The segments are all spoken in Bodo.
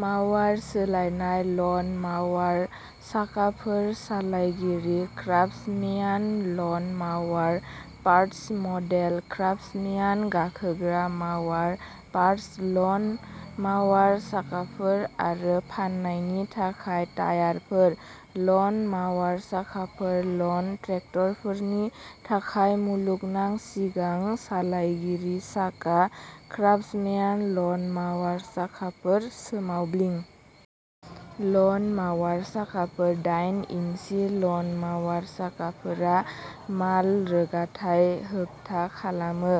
माउवार सोलायनाय लन माउवार साखाफोर सालायगिरि क्राफ्टसम्यान लन माउवार पार्ट्स मडेल क्राफ्टसम्यान गाखोग्रा माउवार पार्ट्स लन माउवार साखाफोर आरो फाननायनि थाखाय टायारफोर। लन माउवार साखाफोर लन ट्रेक्टरफोरनि थाखाय मुलुगनां सिगां सालायगिरि साखा क्राफ्टसम्यान लन माउवार साखाफोर सोमावब्लिं। लन माउवार साखाफोर डाइन इन्सि लन माउवार साखाफोरा माल-रोगाथाय होबथा खालामो।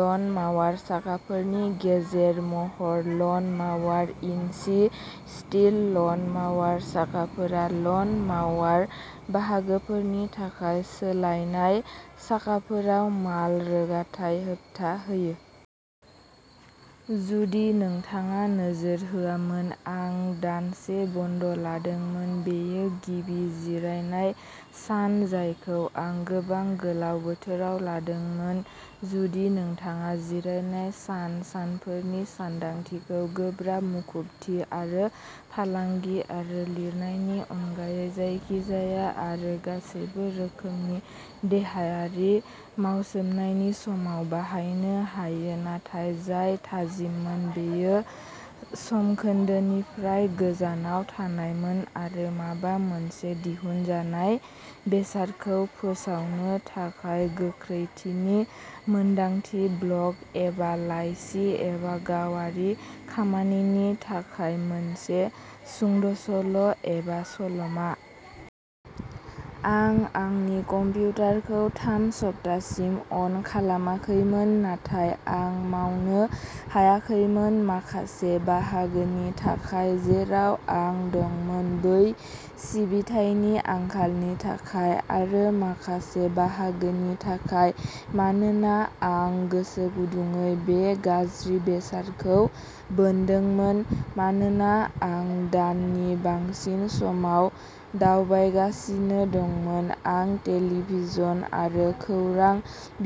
लन माउवार साखाफोरनि गेजेर महर लन माउवार इन्चि स्टील लन माउवार साखाफोरा लन माउवार बाहागोफोरनि थाखाय सोलायनाय साखाफोराव माल रोगाथाय होबथा होयो। जुदि नोंथाङा नोजोर होआमोन आं दानसे बन्द लादोंमोन। बेयो गिबि जिरायनाय सान जायखौ आं गोबां गोलाव बोथोराव लादोंमोन जुदि नोंथाङा जिरायनाय सान सानफोरनि सानदांथिखौ गोब्राब मुखुबथि आरो फालांगि आरो लिरनायनि अनगायै जायखिजाया आरो गासैबो रोखोमनि देहायारि मावसोमनायनि समाव बाहायनो हायो नाथाय जाय थाजिममोन बेयो समखोन्दोनिफ्राय गोजानाव थानायमोन आरो माबा मोनसे दिहुनजानाय बेसादखौ फोसावनो थाखाय गोख्रैथिनि मोनदांथि ब्लग एबा लाइसि एबा गावारि खामानिनि थाखाय मोनसे सुंद'सल' एबा सल'मा। आं आंनि कमप्युटारखौ थाम सप्तासिम अन खालामाखैमोन नाथाय आं मावनो हायाखैमोन माखासे बाहागोनि थाखाय जेराव आं दंमोन बै सिबिथायनि आंखालनि थाखाय, आरो माखासे बाहागोनि थाखाय मानोना आं गोसोगुदुंयै बे गाज्रि बेसादखौ बोनदोंमोन। मानोना आं दाननि बांसिन समाव दावबायगासिनो दंमोन, आं टेलिभिजन आरो खौरां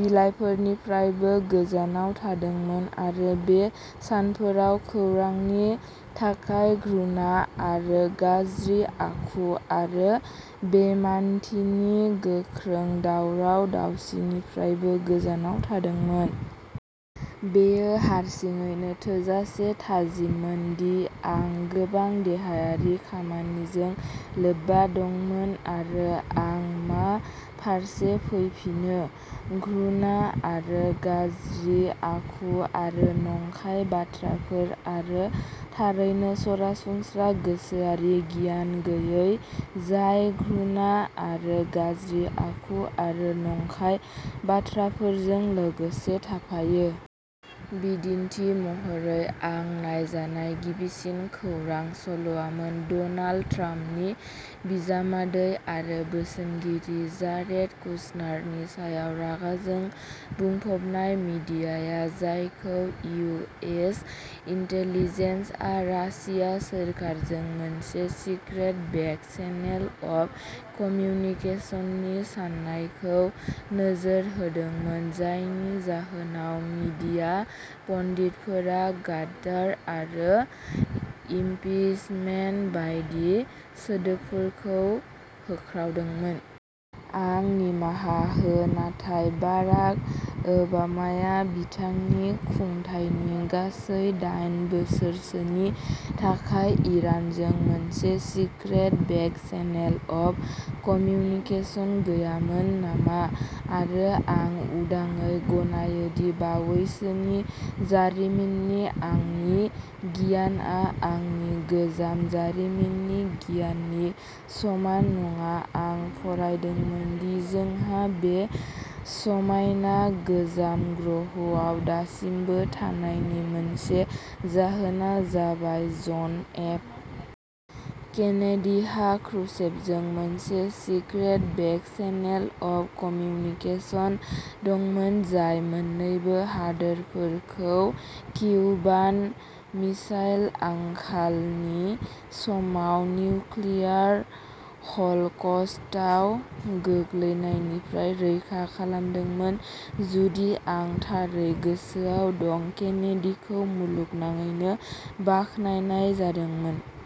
बिलाइफोरनिफ्रायबो गोजानाव थादोंमोन आरो बे सानफोराव खौरांनि थाखाय घृणा आरो गाज्रि आखु आरो बेइमानथिनि गोख्रों दावराव दावसिनिफ्रायबो गोजानाव थादोंमोन। बेयो हारसिङैनो थोजासे थाजिममोन दि आं गोबां देहायारि खामानिजों लोब्बा दंमोन आरो आं मा फारसे फैफिनो? घृणा आरो गाज्रि आखु आरो नंखाय बाथ्राफोर आरो थारैनो सरासनस्रा गोसोआरि गियान गैयै जाय घृणा आरो गाज्रि आखु आरो नंखाय बाथ्राफोरजों लोगोसे थाफायो। बिदिन्थि महरै आं नायजानाय गिबिसिन खौरां सल'आमोन डनाल्ड ट्राम्पनि बिजामादै आरो बोसोनगिरि जारेड कुशनारनि सायाव रागाजों बुंफबनाय मिडियाया जायखौ इउ. एस. इन्टेलिजेन्सआ रासिया सोरखारजों मोनसे "सिक्रेट" बेक चेनेल अफ कम्युनिकेशननि साननायखौ नोजोर होदोंमोन, जायनि जाहोनाव मीडिया पन्डितफोरा "गद्दार" आरो "इम्पिचमेन्ट" बायदि सोदोबफोरखौ होख्रावदोंमोन। आं निमाहा हो नाथाय बाराक ओबामाया बिथांनि खुंथायनि गासै दाइन बोसोरसोनि थाखाय इरानजों मोनसे secret back channel of communication गैयामोन नामा? आरो आं उदाङै गनायो दि बावैसोनि जारिमिननि आंनि गियानआ आंनि गोजाम जारिमिननि गियाननि समान नङा आं फरायदोंमोन दि जोंहा बे समायना गोजाम ग्रहआव दासिमबो थानायनि मोनसे जाहोना जाबाय जन एफ। केनेडीहा क्रुश्चेभजों मोनसे secret back channel of communication दंमोन जाय मोन्नैबो हादोरफोरखौ किउबान मिसाइल आंखालनि समाव निउक्लियार ह'लक'स्टआव गोग्लैनायनिफ्राय रैखा खालामदोंमोन। जुदि आं थारै गोसोआव दं, केनेडीखौ मुलुगनाङैनो बाख्नायनाय जादोंमोन।